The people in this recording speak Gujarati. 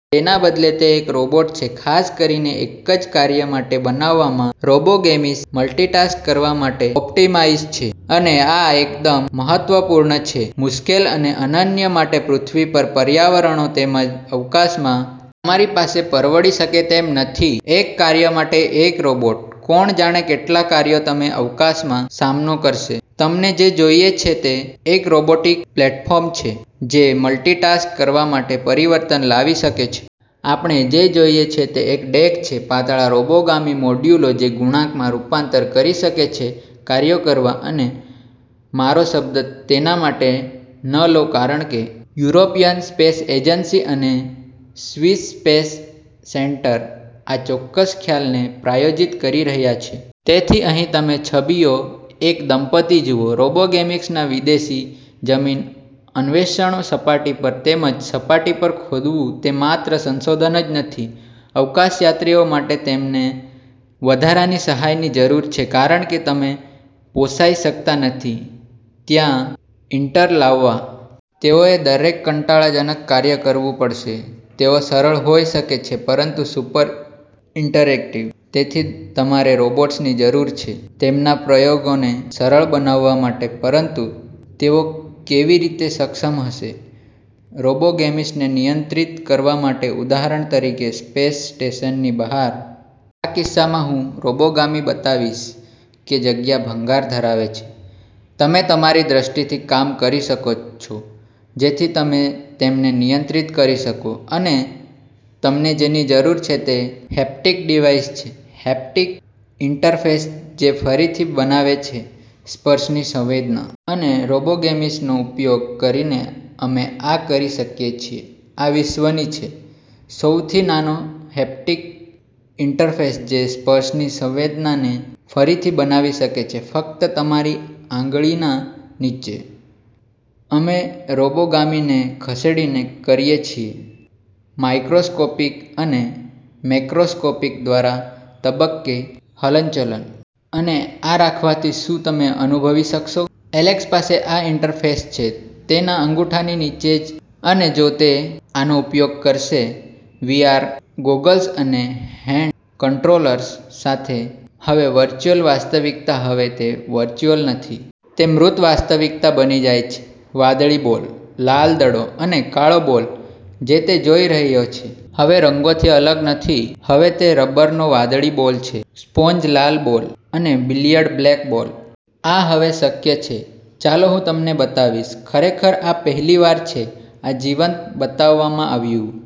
તેના બદલે તે એક રોબોટ છે ખાસ કરીને એક જ કાર્ય માટે બનાવવામાં. રોબોગેમિસ મલ્ટિટાસ્ક કરવા માટે ઓપ્ટિમાઇઝ છે. અને આ એકદમ મહત્વપૂર્ણ છે મુશ્કેલ અને અનન્ય માટે પૃથ્વી પર પર્યાવરણો તેમજ અવકાશમાં. તમારી પાસે પરવડી શકે તેમ નથી એક કાર્ય માટે એક રોબોટ. કોણ જાણે કેટલા કાર્યો તમે અવકાશમાં સામનો કરશે? તમને જે જોઈએ છે તે એક રોબોટિક પ્લેટફોર્મ છે જે મલ્ટિટાસ્ક કરવા માટે પરિવર્તન લાવી શકે છે. આપણે જે જોઈએ છે તે એક ડેક છે પાતળા રોબોગામી મોડ્યુલો જે ગુણાંકમાં રૂપાંતર કરી શકે છે કાર્યો કરવા. અને મારો શબ્દ તેના માટે ન લો કારણ કે યુરોપિયન સ્પેસ એજન્સી અને સ્વિસ સ્પેસ સેન્ટર આ ચોક્કસ ખ્યાલને પ્રાયોજિત કરી રહ્યા છે. તેથી અહીં તમે છબીઓ એક દંપતિ જુઓ રોબોગેમિસના વિદેશી જમીન અન્વેષણ સપાટી પર. તેમજ સપાટી પર ખોદવું તે માત્ર સંશોધન જ નથી. અવકાશયાત્રીઓ માટે તેમને વધારાની સહાયની જરૂર છે કારણ કે તમે પોસાઇ શકતા નથી ત્ત્યાં ઇન્ટર્ન લાવવા. તેઓએ દરેક કંટાળાજનક કાર્ય કરવું પડશે. તેઓ સરળ હોઈ શકે છે પરંતુ સુપર ઇન્ટરેક્ટિવ. તેથી તમારે રોબોટ્સની જરૂર છે તેમના પ્રયોગોને સરળ બનાવવા માટે. પરંતુ તેઓ કેવી રીતે સક્ષમ હશે રોબોગેમિસને નિયંત્રિત કરવા માટે ઉદાહરણ તરીકે સ્પેસ સ્ટેશનની બહાર? આ કિસ્સામાં હું રોબોગામી બતાવીશ કે જગ્યા ભંગાર ધરાવે છે. તમે તમારી દ્રષ્ટિથી કામ કરી શકો છો જેથી તમે તેમને નિયંત્રિત કરી શકો. અને તમને જેની જરૂર છે તે હેપ્ટિક ડિવાઇસ છે. હેપ્ટિક ઇન્ટરફેસ જે ફરીથી બનાવે છે સ્પર્શની સંવેદના. અને રોબોગેમિસનો ઉપયોગ કરીને અમે આ કરી શકીએ છીએ. આ વિશ્વની છે સૌથી નાનો હેપ્ટીક ઇન્ટરફેસ જે સ્પર્શની સંવેદનાને ફરીથી બનાવી શકે છે ફક્ત તમારી આંગળીના નીચે. અમે રોબોગામીને ખસેડીને કરીએ છીએ માઇક્રોસ્કોપિક અને મેક્રોસ્કોપિક દ્વારા તબક્કે હલનચલન. અને આ રાખવાથી શું તમે અનુભવી શકશો? એલેક્સ પાસે આ ઇન્ટરફેસ છે તેના અંગૂઠાની નીચે જ અને જો તે આનો ઉપયોગ કરશે વી.આર ગોગલ્સ અને હેન્ડ કંટ્રોલર્સ સાથે, હવે વર્ચુઅલ વાસ્તવિકતા હવે તે વર્ચુઅલ નથી. તે મૂર્ત વાસ્તવિકતા બની જાય છે. વાદળી બોલ, લાલ દડો અને કાળો બોલ જે તે જોઈ રહ્યો છે હવે રંગોથી અલગ નથી. હવે તે રબરનો વાદળી બોલ છે, સ્પોન્જ લાલ બોલ અને બિલિયર્ડ બ્લેક બોલ. આ હવે શક્ય છે. ચાલો હું તમને બતાવીશ. ખરેખર આ પહેલી વાર છે આ જીવંત બતાવવામાં આવ્યું.